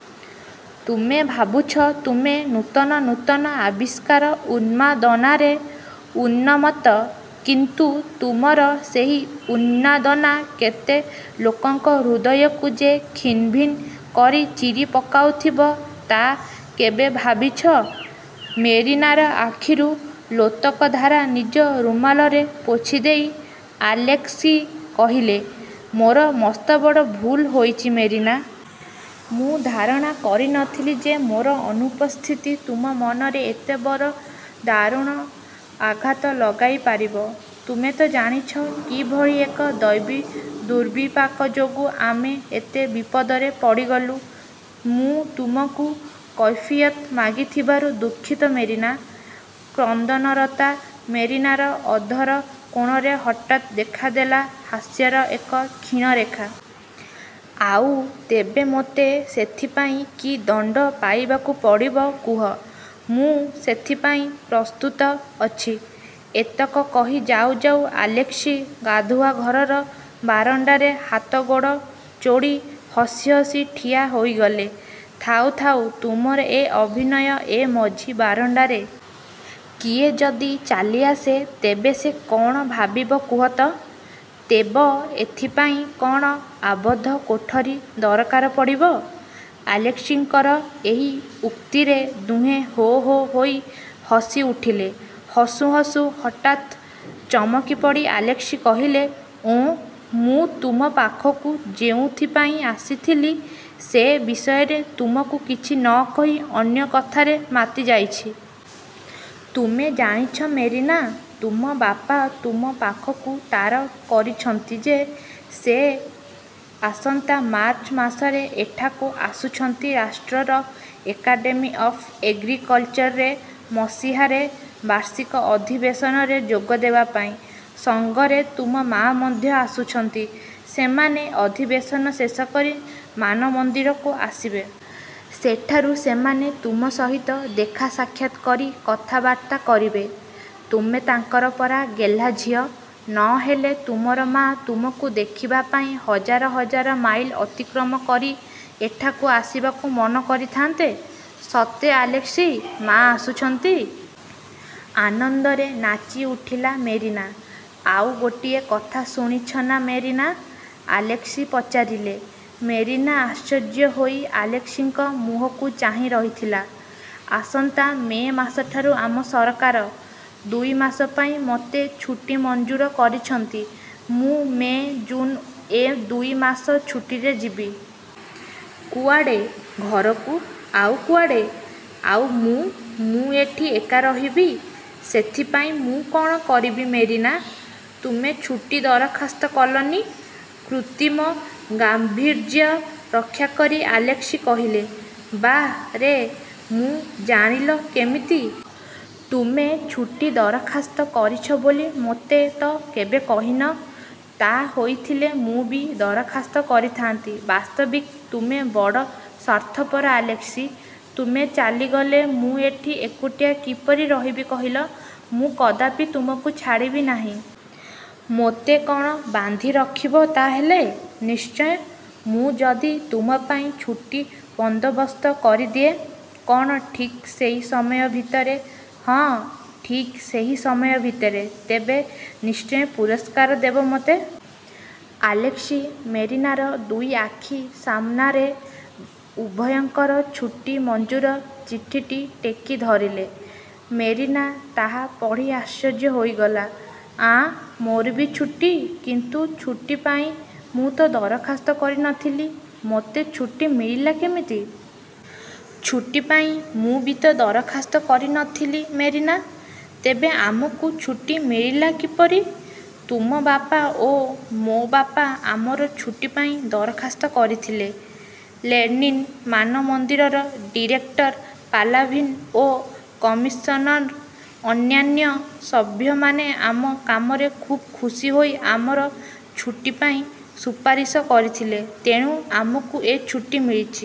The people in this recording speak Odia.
ତୁମେ ଭାବୁଛ, ତୁମେ ନୂତନ ନୂତନ ଆବିଷ୍କାର ଉନ୍ମାଦନାରେ ଉନ୍ମତ୍ତ। କିନ୍ତୁ ତୁମର ସେହି ଉନ୍ନାଦନା କେତେ ଲୋକଙ୍କ ହୃଦୟକୁ ଯେ ଖିନ୍ଭିନ୍ କରି ଚିରି ପକାଉଥିବ, ତା' କେବେ ଭାବିଛ? '' ମେରିନାର ଆଖିରୁ ଲୋତକଧାରା ନିଜ ରୁମାଲରେ ପୋଛିଦେଇ ଆଲେସ୍କି କହିଲେ, ''ମୋର ମସ୍ତବଡ଼ ଭୁଲ ହୋଇଛି ମେରିନା। ମୁଁ ଧାରଣା କରି ନଥିଲି ଯେ, ମୋର ଅନୁପସ୍ଥିତି ତୁମ ମନରେ ଏତେ ବଡ଼ ଦାରୁଣ ଆଘାତ ଲଗାଇ ପାରିବ। ତୁମେ ତ ଜାଣିଛ, କିଭଳି ଏକ ଦୈବୀଦୁର୍ବିପାକ ଯୋଗୁଁ ଆମେ ଏତେ ବିପଦରେ ପଡ଼ିଗଲୁଁ। ମୁଁ ତୁମକୁ କୈଫିୟତ୍ ମାଗିଥିବାରୁ ଦୁଃଖିତ ମେରିନା। '' କ୍ରନ୍ଦନରତା ମେରିନାର ଅଧରକୋଣରେ ହଠାତ୍ ଦେଖାଦେଲା ହାସ୍ୟର ଏକ କ୍ଷୀଣରେଖା। ''ଆଉ ତେବେ ମୋତେ ସେଥିପାଇଁ କି ଦଣ୍ଡ ପାଇବାକୁ ପଡ଼ିବ କୁହ? ମୁଁ ସେଥିପାଇଁ ପ୍ରସ୍ତୁତ ଅଛି। '' ଏତକ କହି ଯାଉ ଯାଉ ଆଲେସ୍କି ଗାଧୁଆଘରର ବାରଣ୍ଡାରେ ହାତଗୋଡ଼ ଯୋଡ଼ି ହସି ହସି ଠିଆ ହୋଇଗଲେ। ''ଥାଉ, ଥାଉ, ତୁମର ଏ ଅଭିନୟ ଏ ମଝି ବାରଣ୍ଡାରେ! କିଏ ଯଦି ଚାଲିଆସେ, ତେବେ ସେ କ'ଣ ଭାବିବ କୁହ ତ? '' ''ତେବ ଏଥିପାଇଁ କ'ଣ ଆବଦ୍ଧ କୋଠରି ଦରକାର ପଡ଼ିବ? '' ଆଲେସ୍କିଙ୍କର ଏହି ଉକ୍ତିରେ ଦୁହେଁ ହୋ-ହୋ ହୋଇ ହସିଉଠିଲେ। ହସୁଁ ହସୁଁ ହଠାତ୍ ଚମକି ପଡ଼ି ଆଲେସ୍କି କହିଲେ, ''ଓଃ, ମୁଁ ତୁମ ପାଖକୁ ଯେଉଁଥିପାଇଁ ଆସିଥିଲି, ସେ ବିଷୟରେ ତୁମକୁ କିଛି ନ କହି ଅନ୍ୟ କଥାରେ ମାତିଯାଇଛି। ତୁମେ ଜାଣିଛ ମେରିନା, ତୁମ ବାପା ତୁମ ପାଖକୁ ତାର କରିଛନ୍ତି ଯେ, ସେ ଆସନ୍ତା ମାର୍ଚ୍ଚ ମାସରେ ଏଠାକୁ ଆସୁଛନ୍ତି ରାଷ୍ଟ୍ରର ଏକାଡ଼େମୀ ଅଫ୍ ଏଗ୍ରିକଲ୍ଚର୍ରେ ମସିହାରେ ବାର୍ଷିକ ଅଧିବେଶନରେ ଯୋଗଦେବା ପାଇଁ। ସଙ୍ଗରେ ତୁମ ମା' ମଧ୍ୟ ଆସୁଛନ୍ତି। ସେମାନେ ଅଧିବେଶନ ଶେଷ କରି ମାନମନ୍ଦିରକୁ ଆସିବେ। ସେଠାରୁ ସେମାନେ ତୁମ ସହିତ ଦେଖା-ସାକ୍ଷାତ୍ କରି କଥାବାର୍ତ୍ତା କରିବେ। ତୁମେ ତାଙ୍କର ପରା ଗେହ୍ଲାଝିଅ; ନ ହେଲେ ତୁମର ମା' ତୁମକୁ ଦେଖିବା ପାଇଁ ହଜାର ହଜାର ମାଇଲ ଅତିକ୍ରମ କରି ଏଠାକୁ ଆସିବାକୁ ମନ କରିଥାନ୍ତେ? '' ''ସତେ ଆଲେସ୍କି, ମା' ଆସୁଛନ୍ତି? '' ଆନନ୍ଦରେ ନାଚି ଉଠିଲା ମେରିନା। ''ଆଉ ଗୋଟିଏ କଥା ଶୁଣିଛ ନା ମେରିନା? '' ଆଲେସ୍କି ପଚାରିଲେ। ମେରିନା ଆଶ୍ଚର୍ଯ୍ୟ ହୋଇ ଆଲେସ୍କିଙ୍କ ମୁହଁକୁ ଚାହିଁ ରହିଥିଲା। ''ଆସନ୍ତା ମେ ମାସଠାରୁ ଆମ ସରକାର। ଦୁଇମାସ ପାଇଁ ମୋତେ ଛୁଟି ମଞ୍ଜୁର କରିଛନ୍ତି। ମୁଁ ମେ, ଜୁନ୍ ଏ ଦୁଇ ମାସ ଛୁଟିରେ ଯିବି। '' ''କୁଆଡ଼େ? ''ଘରକୁ, ଆଉ କୁଆଡ଼େ? '' ''ଆଉ ମୁଁ! ମୁଁ ଏଠି ଏକା ରହିବି? '' ''ସେଥିପାଇଁ ମୁଁ କ'ଣ କରିବି ମେରିନା। ତୁମେ ଛୁଟି ଦରଖାସ୍ତ କଲନି? '' କୃତ୍ରିମ ଗାମ୍ଭୀର୍ଯ୍ୟ ରକ୍ଷାକରି ଆଲେସ୍କି କହିଲେ। ''ବାଃ ରେ, ମୁଁ ଜାଣିଲ କେମିତି? ତୁମେ ଛୁଟି ଦରଖାସ୍ତ କରିଛ ବୋଲି ମୋତେ ତ କେବେ କହିନ? ତା' ହୋଇଥିଲେ ମୁଁ ବି ଦରଖାସ୍ତ କରିଥାନ୍ତି। ବାସ୍ତବିକ୍ ତୁମେ ବଡ଼ ସ୍ୱାର୍ଥପର ଆଲେସ୍କି! ତୁମେ ଚାଲିଗଲେ, ମୁଁ ଏଠି ଏକୁଟିଆ କିପରି ରହିବି କହିଲ? ମୁଁ କଦାପି ତୁମକୁ ଛାଡ଼ିବି ନାହିଁ। '' ''ମୋତେ କ'ଣ ବାନ୍ଧିରଖିବ ତା' ହେଲେ? '' ''ନିଶ୍ଚୟ। '' ''ମୁଁ ଯଦି ତୁମ ପାଇଁ ଛୁଟି ବନ୍ଦୋବସ୍ତ କରିଦିଏ। '' ''କ'ଣ ଠିକ୍ ସେଇ ସମୟ ଭିତରେ? '' ''ହଁ, ଠିକ୍ ସେହି ସମୟ ଭିତରେ। ତେବେ ନିଶ୍ଚୟ ପୁରସ୍କାର ଦେବ ମୋତେ? '' ଆଲେସ୍କି ମେରିନାର ଦୁଇ ଆଖି ସାମନାରେ ଉଭୟଙ୍କର ଛୁଟି ମଞ୍ଜୁର ଚିଠିଟି ଟେକି ଧରିଲେ। ମେରିନା ତାହା ପଢ଼ି ଆଶ୍ଚର୍ଯ୍ୟ ହୋଇଗଲା। ''ଆଁ, ମୋର ବି ଛୁଟି? କିନ୍ତୁ ଛୁଟି ପାଇଁ ମୁଁ ତ ଦରଖାସ୍ତ କରି ନଥିଲି? ମୋତେ ଛୁଟି ମିଳିଲା କେମିତି? '' ''ଛୁଟିପାଇଁ ମୁଁ ବି ତ ଦରଖାସ୍ତ କରିନଥିଲି ମେରିନା! '' ''ତେବେ-ଆମକୁ ଛୁଟି ମିଳିଲା କିପରି? '' ''ତୁମ ବାପା ଓ ମୋ ବାପା ଆମର ଛୁଟିପାଇଁ ଦରଖାସ୍ତ କରିଥିଲେ? ଲେନିନ୍ ମାନମନ୍ଦିରର ଡିରେକ୍ଟର ପାଲାଭିନ୍ ଓ କମିଶନର ଅନ୍ୟାନ୍ୟ ସଭ୍ୟମାନେ ଆମ କାମରେ ଖୁବ୍ ଖୁସି ହୋଇ ଆମର ଛୁଟିପାଇଁ ସୁପାରିଶ କରିଥିଲେ। ତେଣୁ ଆମକୁ ଏ ଛୁଟି ମିଳିଛି।